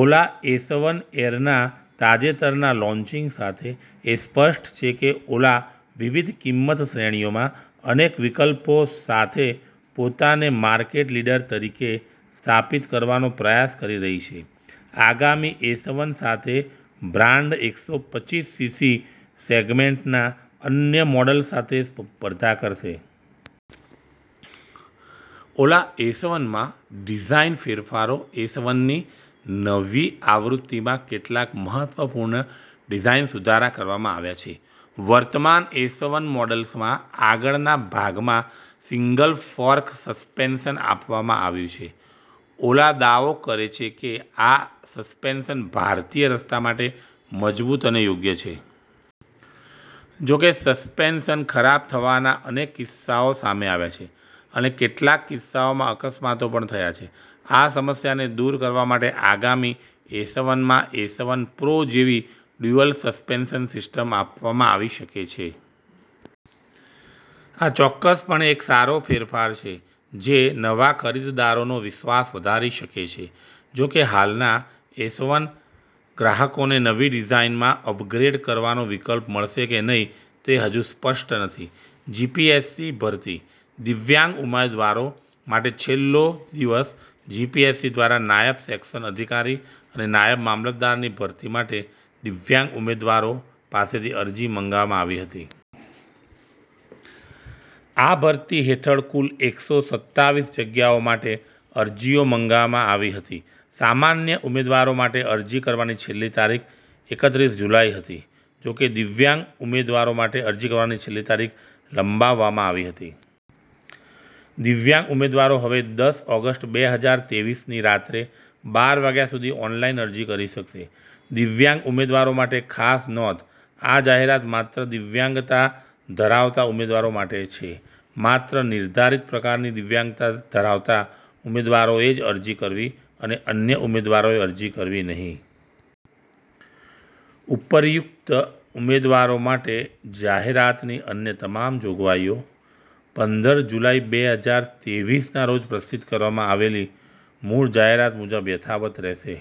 ઓલા S one એરના તાજેતરના launching સાથે, એ સ્પષ્ટ છે કે ઓલા વિવિધ કિંમત શ્રેણીઓમાં અનેક વિકલ્પો સાથે પોતાને માર્કેટ લીડર તરીકે સ્થાપિત કરવાનો પ્રયાસ કરી રહી છે. આગામી એસવન સાથે, બ્રાન્ડ એકસો પચ્ચીસ સીસી સેગમેન્ટના અન્ય મોડલ્સ સાથે સ્પર્ધા કરશે. ઓલા એસવનમાં ડિઝાઇન ફેરફારો એસવનની નવી આવૃત્તિમાં કેટલાક મહત્વપૂર્ણ ડિઝાઇન સુધારા કરવામાં આવ્યા છે. વર્તમાન એસવન મોડલ્સમાં આગળના ભાગમાં સિંગલ-ફોર્ક સસ્પેન્શન આપવામાં આવ્યું છે. ઓલા દાવો કરે છે કે આ સસ્પેન્શન ભારતીય રસ્તાઓ માટે મજબૂત અને યોગ્ય છે. જોકે, સસ્પેન્શન ખરાબ થવાના અનેક કિસ્સાઓ સામે આવ્યા છે અને કેટલાક કિસ્સાઓમાં અકસ્માતો પણ થયા છે. આ સમસ્યાને દૂર કરવા માટે આગામી એસવનમાં એસવન પ્રો જેવી ડ્યુઅલ સસ્પેન્શન સિસ્ટમ આપવામાં આવી શકે છે. આ ચોક્કસપણે એક સારો ફેરફાર છે, જે નવા ખરીદદારોનો વિશ્વાસ વધારી શકે છે. જોકે, હાલના એસવન ગ્રાહકોને નવી ડિઝાઇનમાં અપગ્રેડ કરવાનો વિકલ્પ મળશે કે નહીં તે હજુ સ્પષ્ટ નથી. જીપીએસસી ભરતી: દિવ્યાંગ ઉમેદવારો માટે છેલ્લો દિવસ જીપીએસસી દ્વારા નાયબ સેક્શન અધિકારી અને નાયબ મામલતદારની ભરતી માટે દિવ્યાંગ ઉમેદવારો પાસેથી અરજીઓ મંગાવવામાં આવી હતી. આ ભરતી હેઠળ કુલ એકસો સત્તાવીસ જગ્યાઓ માટે અરજીઓ મંગાવવામાં આવી હતી. સામાન્ય ઉમેદવારો માટે અરજી કરવાની છેલ્લી તારીખ એકત્રીસ જુલાઈ હતી. જોકે, દિવ્યાંગ ઉમેદવારો માટે અરજી કરવાની છેલ્લી તારીખ લંબાવવામાં આવી હતી. દિવ્યાંગ ઉમેદવારો હવે દસ ઓગસ્ટ બે હજાર તેવીસની રાત્રે બાર વાગ્યા સુધી ઓનલાઈન અરજી કરી શકશે. દિવ્યાંગ ઉમેદવારો માટે ખાસ નોંધ આ જાહેરાત માત્ર દિવ્યાંગતા ધરાવતા ઉમેદવારો માટે છે. માત્ર નિર્ધારિત પ્રકારની દિવ્યાંગતા ધરાવતા ઉમેદવારોએ જ અરજી કરવી અને અન્ય ઉમેદવારોએ અરજી કરવી નહીં. ઉપર્યુક્ત ઉમેદવારો માટે જાહેરાતની અન્ય તમામ જોગવાઈઓ પંદર જુલાઈ બે હજાર તેવીસના રોજ પ્રસિદ્ધ કરવામાં આવેલી મૂળ જાહેરાત મુજબ યથાવત રહેશે.